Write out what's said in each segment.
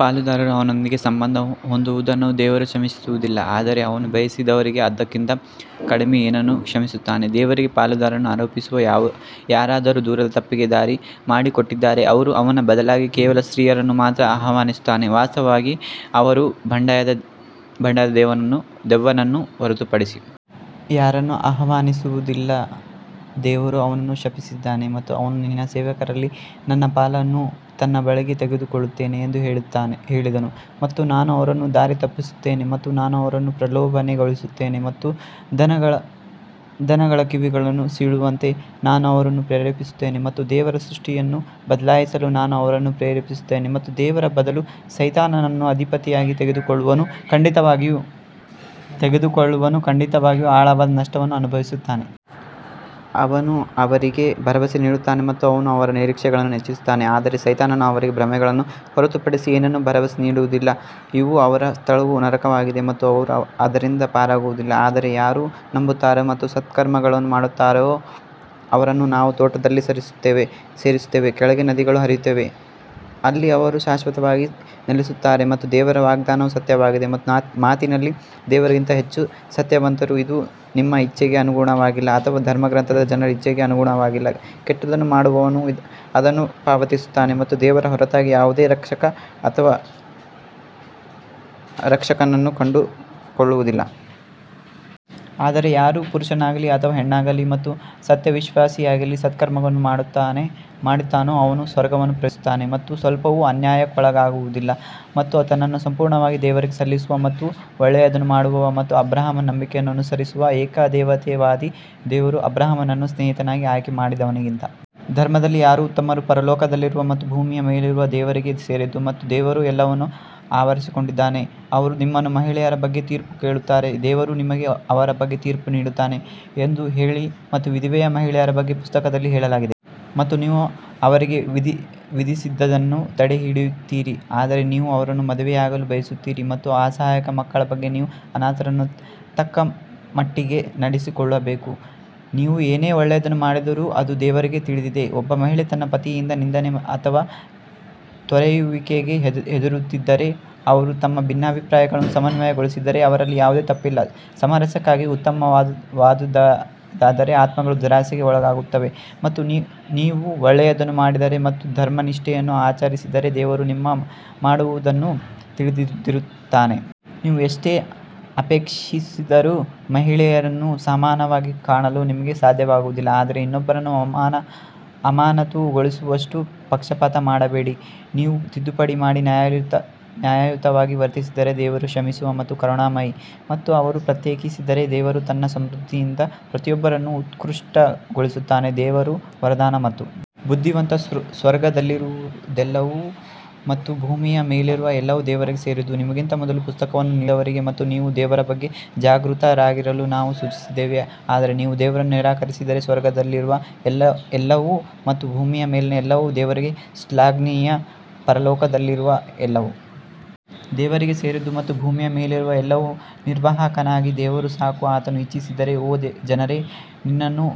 ಪಾಲುದಾರರು ಅವನೊಂದಿಗೆ ಸಂಬಂಧ ಹೊಂದುವುದನ್ನು ದೇವರು ಕ್ಷಮಿಸುವುದಿಲ್ಲ ಆದರೆ ಅವನು ಬಯಸಿದವರಿಗೆ ಅದಕ್ಕಿಂತ ಕಡಿಮೆ ಏನನ್ನೂ ಕ್ಷಮಿಸುತ್ತಾನೆ, ದೇವರಿಗೆ ಪಾಲುದಾರರನ್ನು ಆರೋಪಿಸುವ ಯಾರಾದರೂ ದೂರದ ತಪ್ಪಿಗೆ ದಾರಿ ಮಾಡಿಕೊಟ್ಟಿದ್ದಾರೆ. ಅವರು ಅವನ ಬದಲಾಗಿ ಕೇವಲ ಸ್ತ್ರೀಯರನ್ನು ಮಾತ್ರ ಆಹ್ವಾನಿಸುತ್ತಾರೆ ವಾಸ್ತವವಾಗಿ ಅವರು ಬಂಡಾಯದ ದೆವ್ವವನ್ನು ಹೊರತುಪಡಿಸಿ ಯಾರನ್ನೂ ಆಹ್ವಾನಿಸುವುದಿಲ್ಲ ದೇವರು ಅವನನ್ನು ಶಪಿಸಿದ್ದಾನೆ ಮತ್ತು ಅವನು ನಿನ್ನ ಸೇವಕರಲ್ಲಿ ನನ್ನ ಪಾಲನ್ನು ನನ್ನ ಬಳಿಗೆ ತೆಗೆದುಕೊಳ್ಳುತ್ತೇನೆ ಎಂದು ಹೇಳಿದನು ಮತ್ತು ನಾನು ಅವರನ್ನು ದಾರಿತಪ್ಪಿಸುತ್ತೇನೆ ಮತ್ತು ನಾನು ಅವರನ್ನು ಪ್ರಲೋಭನೆಗೊಳಿಸುತ್ತೇನೆ ಮತ್ತು ದನಗಳ ಕಿವಿಗಳನ್ನು ಸೀಳುವಂತೆ ನಾನು ಅವರನ್ನು ಪ್ರೇರೇಪಿಸುತ್ತೇನೆ ಮತ್ತು ದೇವರ ಸೃಷ್ಟಿಯನ್ನು ಬದಲಾಯಿಸಲು ನಾನು ಅವರನ್ನು ಪ್ರೇರೇಪಿಸುತ್ತೇನೆ ಮತ್ತು ದೇವರ ಬದಲು ಸೈತಾನನನ್ನು ಅಧಿಪತಿಯಾಗಿ ತೆಗೆದುಕೊಳ್ಳುವವನು ಖಂಡಿತವಾಗಿಯೂ ಆಳವಾದ ನಷ್ಟವನ್ನು ಅನುಭವಿಸುತ್ತಾನೆ. ಅವನು ಅವರಿಗೆ ಭರವಸೆ ನೀಡುತ್ತಾನೆ ಮತ್ತು ಅವನು ಅವರ ನಿರೀಕ್ಷೆಗಳನ್ನು ಹೆಚ್ಚಿಸುತ್ತಾನೆ ಆದರೆ ಸೈತಾನನು ಅವರಿಗೆ ಭ್ರಮೆಗಳನ್ನು ಹೊರತುಪಡಿಸಿ ಏನನ್ನೂ ಭರವಸೆ ನೀಡುವುದಿಲ್ಲ ಇವು ಅವರ ಸ್ಥಳವು ನರಕವಾಗಿದೆ ಮತ್ತು ಅವರು ಅದರಿಂದ ಪಾರಾಗುವುದಿಲ್ಲ ಆದರೆ ಯಾರು ನಂಬುತ್ತಾರೆ ಮತ್ತು ಸತ್ಕರ್ಮಗಳನ್ನು ಮಾಡುತ್ತಾರೆಯೋ ಅವರನ್ನು ನಾವು ತೋಟಗಳಲ್ಲಿ ಸೇರಿಸುತ್ತೇವೆ, ಕೆಳಗೆ ನದಿಗಳು ಹರಿಯುತ್ತವೆ, ಅಲ್ಲಿ ಅವರು ಶಾಶ್ವತವಾಗಿ ನೆಲೆಸುತ್ತಾರೆ ಮತ್ತು ದೇವರ ವಾಗ್ದಾನವು ಸತ್ಯವಾಗಿದೆ ಮತ್ತು ಮಾತಿನಲ್ಲಿ ದೇವರಿಗಿಂತ ಹೆಚ್ಚು ಸತ್ಯವಂತರು ಇದು ನಿಮ್ಮ ಇಚ್ಛೆಗೆ ಅನುಗುಣವಾಗಿಲ್ಲ ಅಥವಾ ಧರ್ಮಗ್ರಂಥದ ಜನರ ಇಚ್ಛೆಗೆ ಅನುಗುಣವಾಗಿಲ್ಲ, ಕೆಟ್ಟದ್ದನ್ನು ಮಾಡುವವನು ಅದನ್ನು ಪಾವತಿಸುತ್ತಾನೆ ಮತ್ತು ದೇವರ ಹೊರತಾಗಿ ಯಾವುದೇ ರಕ್ಷಕ ಅಥವಾ ರಕ್ಷಕನನ್ನು ಕಂಡುಕೊಳ್ಳುವುದಿಲ್ಲ. ಆದರೆ ಯಾರು ಪುರುಷನಾಗಲಿ ಅಥವಾ ಹೆಣ್ಣಾಗಲಿ ಮತ್ತು ಸತ್ಯವಿಶ್ವಾಸಿಯಾಗಲಿ ಸತ್ಕರ್ಮವನ್ನು ಮಾಡುತ್ತಾನೋ ಅವರು ಸ್ವರ್ಗವನ್ನು ಪ್ರವೇಶಿಸುತ್ತಾರೆ ಮತ್ತು ಸ್ವಲ್ಪವೂ ಅನ್ಯಾಯಕ್ಕೊಳಗಾಗುವುದಿಲ್ಲ. ಮತ್ತು ತನ್ನನ್ನು ಸಂಪೂರ್ಣವಾಗಿ ದೇವರಿಗೆ ಸಲ್ಲಿಸುವ ಮತ್ತು ಒಳ್ಳೆಯದನ್ನು ಮಾಡುವವ ಮತ್ತು ಅಬ್ರಹಾಮನ ನಂಬಿಕೆಯನ್ನು ಅನುಸರಿಸುವ ಏಕದೇವತಾವಾದಿ ದೇವರು ಅಬ್ರಹಾಮನನ್ನು ಸ್ನೇಹಿತನಾಗಿ ಆಯ್ಕೆ ಮಾಡಿದವನಿಗಿಂತ ಧರ್ಮದಲ್ಲಿ ಯಾರು ಉತ್ತಮರು ಪರಲೋಕದಲ್ಲಿರುವ ಮತ್ತು ಭೂಮಿಯ ಮೇಲಿರುವುದು ದೇವರಿಗೆ ಸೇರಿದ್ದು ಮತ್ತು ದೇವರು ಎಲ್ಲವನ್ನೂ ಆವರಿಸಿಕೊಂಡಿದ್ದಾನೆ ಅವರು ನಿಮ್ಮನ್ನು ಮಹಿಳೆಯರ ಬಗ್ಗೆ ತೀರ್ಪು ಕೇಳುತ್ತಾರೆ, ದೇವರು ನಿಮಗೆ ಅವರ ಬಗ್ಗೆ ತೀರ್ಪು ನೀಡುತ್ತಾನೆ ಎಂದು ಹೇಳಿ ಮತ್ತು ವಿಧವೆಯ ಮಹಿಳೆಯರ ಬಗ್ಗೆ ಪುಸ್ತಕದಲ್ಲಿ ಹೇಳಲಾಗಿದೆ ಮತ್ತು ನೀವು ಅವರಿಗೆ ವಿಧಿಸಿದ್ದನ್ನು ತಡೆಹಿಡಿಯುತ್ತೀರಿ ಆದರೆ ನೀವು ಅವರನ್ನು ಮದುವೆಯಾಗಲು ಬಯಸುತ್ತೀರಿ ಮತ್ತು ಅಸಹಾಯಕ ಮಕ್ಕಳ ಬಗ್ಗೆ ನೀವು ಅನಾಥರನ್ನು ತಕ್ಕಮಟ್ಟಿಗೆ ನಡೆಸಿಕೊಳ್ಳಬೇಕು, ನೀವು ಏನೇ ಒಳ್ಳೆಯದನ್ನು ಮಾಡಿದರೂ ಅದು ದೇವರಿಗೆ ತಿಳಿದಿದೆ ಒಬ್ಬ ಮಹಿಳೆ ತನ್ನ ಪತಿಯಿಂದ ನಿಂದನೆ ಅಥವಾ ತೊರೆಯುವಿಕೆಗೆ ಹೆದರುತ್ತಿದ್ದರೆ ಅವರು ತಮ್ಮ ಭಿನ್ನಾಭಿಪ್ರಾಯಗಳನ್ನು ಸಮನ್ವಯಗೊಳಿಸಿದರೆ ಅವರಲ್ಲಿ ಯಾವುದೇ ತಪ್ಪಿಲ್ಲ, ಸಾಮರಸ್ಯಕ್ಕಾಗಿ ಉತ್ತಮವಾದುದಾದರೆ ಆತ್ಮಗಳು ದುರಾಸೆಗೆ ಒಳಗಾಗುತ್ತವೆ ಮತ್ತು ನೀವು ಒಳ್ಳೆಯದನ್ನು ಮಾಡಿದರೆ ಮತ್ತು ಧರ್ಮನಿಷ್ಠೆಯನ್ನು ಆಚರಿಸಿದರೆ ದೇವರು ನೀವು ಮಾಡುವದನ್ನು ತಿಳಿದಿರುತ್ತಾನೆ. ನೀವು ಎಷ್ಟೇ ಅಪೇಕ್ಷಿಸಿದರೂ ಮಹಿಳೆಯರನ್ನು ಸಮಾನವಾಗಿ ಕಾಣಲು ನಿಮಗೆ ಸಾಧ್ಯವಾಗುವುದಿಲ್ಲ ಆದರೆ ಇನ್ನೊಬ್ಬರನ್ನು ಅಮಾನತುಗೊಳಿಸುವಷ್ಟು ಪಕ್ಷಪಾತ ಮಾಡಬೇಡಿ ನೀವು ತಿದ್ದುಪಡಿ ಮಾಡಿ ನ್ಯಾಯಯುತವಾಗಿ ವರ್ತಿಸಿದರೆ ದೇವರು ಕ್ಷಮಿಸುವ ಮತ್ತು ಕರುಣಾಮಯಿ ಮತ್ತು ಅವರು ಪ್ರತ್ಯೇಕಿಸಿದರೆ ದೇವರು ತನ್ನ ಸಮೃದ್ಧಿಯಿಂದ ಪ್ರತಿಯೊಬ್ಬರನ್ನು ಉತ್ಕೃಷ್ಟಗೊಳಿಸುತ್ತಾನೆ ದೇವರು ವರದಾನ ಮತ್ತು ಬುದ್ಧಿವಂತ ಸ್ವರ್ಗದಲ್ಲಿರುವುದೆಲ್ಲವೂ ಮತ್ತು ಭೂಮಿಯ ಮೇಲಿರುವ ಎಲ್ಲವೂ ದೇವರಿಗೆ ಸೇರಿದ್ದು, ನಿಮಗಿಂತ ಮೊದಲು ಪುಸ್ತಕವನ್ನು ನೀಡಿದವರಿಗೆ ಮತ್ತು ನೀವು ದೇವರ ಬಗ್ಗೆ ಜಾಗೃತರಾಗಿರಲು ನಾವು ಸೂಚಿಸಿದ್ದೇವೆ ಆದರೆ ನೀವು ದೇವರನ್ನು ನಿರಾಕರಿಸಿದರೆ ಸ್ವರ್ಗದಲ್ಲಿರುವ ಎಲ್ಲವೂ ಮತ್ತು ಭೂಮಿಯ ಮೇಲಿನ ಎಲ್ಲವೂ ದೇವರಿಗೆ ಶ್ಲಾಘನೀಯ ಪರಲೋಕದಲ್ಲಿರುವ ಎಲ್ಲವೂ ದೇವರಿಗೆ ಸೇರಿದ್ದು ಮತ್ತು ಭೂಮಿಯ ಮೇಲಿರುವ ಎಲ್ಲವೂ ನಿರ್ವಾಹಕನಾಗಿ ದೇವರು ಸಾಕು ಆತನು ಇಚ್ಛಿಸಿದರೆ ಓ ಜನರೇ ನಿನ್ನನ್ನು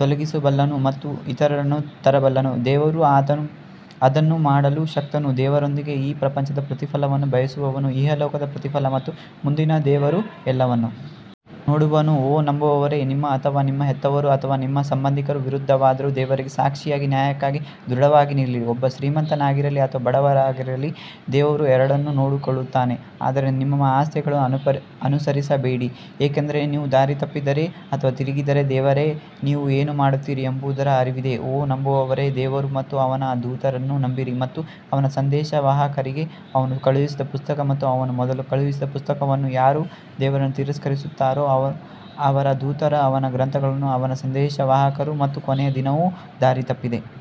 ತೊಲಗಿಸಬಲ್ಲನು ಮತ್ತು ಇತರರನ್ನು ತರಬಲ್ಲನು ದೇವರು ಅದನ್ನು ಮಾಡಲು ಶಕ್ತನು ದೇವರೊಂದಿಗೆ ಈ ಪ್ರಪಂಚದ ಪ್ರತಿಫಲವನ್ನು ಬಯಸುವವನು ಇಹಲೋಕದ ಪ್ರತಿಫಲ ಮತ್ತು ಮುಂದಿನ ದೇವರು ಎಲ್ಲವನ್ನೂ ನೋಡುವವನು ಓ ನಂಬುವವರೇ, ನಿಮ್ಮ ಅಥವಾ ನಿಮ್ಮ ಹೆತ್ತವರು ಅಥವಾ ನಿಮ್ಮ ಸಂಬಂಧಿಕರ ವಿರುದ್ಧವಾದರೂ ದೇವರಿಗೆ ಸಾಕ್ಷಿಯಾಗಿ ನ್ಯಾಯಕ್ಕಾಗಿ ದೃಢವಾಗಿ ನಿಲ್ಲಿರಿ, ಒಬ್ಬ ಶ್ರೀಮಂತನಾಗಿರಲಿ ಅಥವಾ ಬಡವರಾಗಿರಲಿ ದೇವರು ಎರಡನ್ನೂ ನೋಡಿಕೊಳ್ಳುತ್ತಾನೆ ಆದ್ದರಿಂದ ನಿಮ್ಮ ಆಸೆಗಳನ್ನು ಅನುಸರಿಸಬೇಡಿ ಏಕೆಂದರೆ ನೀವು ದಾರಿ ತಪ್ಪಿದರೆ ಅಥವಾ ತಿರುಗಿದರೆ ದೇವರೇ ನೀವು ಏನು ಮಾಡುತ್ತೀರಿ ಎಂಬುದರ ಅರಿವಿದೆ ಓ ನಂಬುವವರೇ, ದೇವರು ಮತ್ತು ಅವನ ದೂತರನ್ನು ನಂಬಿರಿ ಮತ್ತು ಅವನ ಸಂದೇಶವಾಹಕರಿಗೆ ಅವನು ಕಳುಹಿಸಿದ ಪುಸ್ತಕ ಮತ್ತು ಅವನು ಮೊದಲು ಕಳುಹಿಸಿದ ಪುಸ್ತಕವನ್ನು ಯಾರು ದೇವರನ್ನು ತಿರಸ್ಕರಿಸುತ್ತಾರೋ ಅವರ ದೂತರು ಅವನ ಗ್ರಂಥಗಳನ್ನು ಅವನ ಸಂದೇಶವಾಹಕರು ಮತ್ತು ಕೊನೆಯ ದಿನವು ದಾರಿ ತಪ್ಪಿದೆ.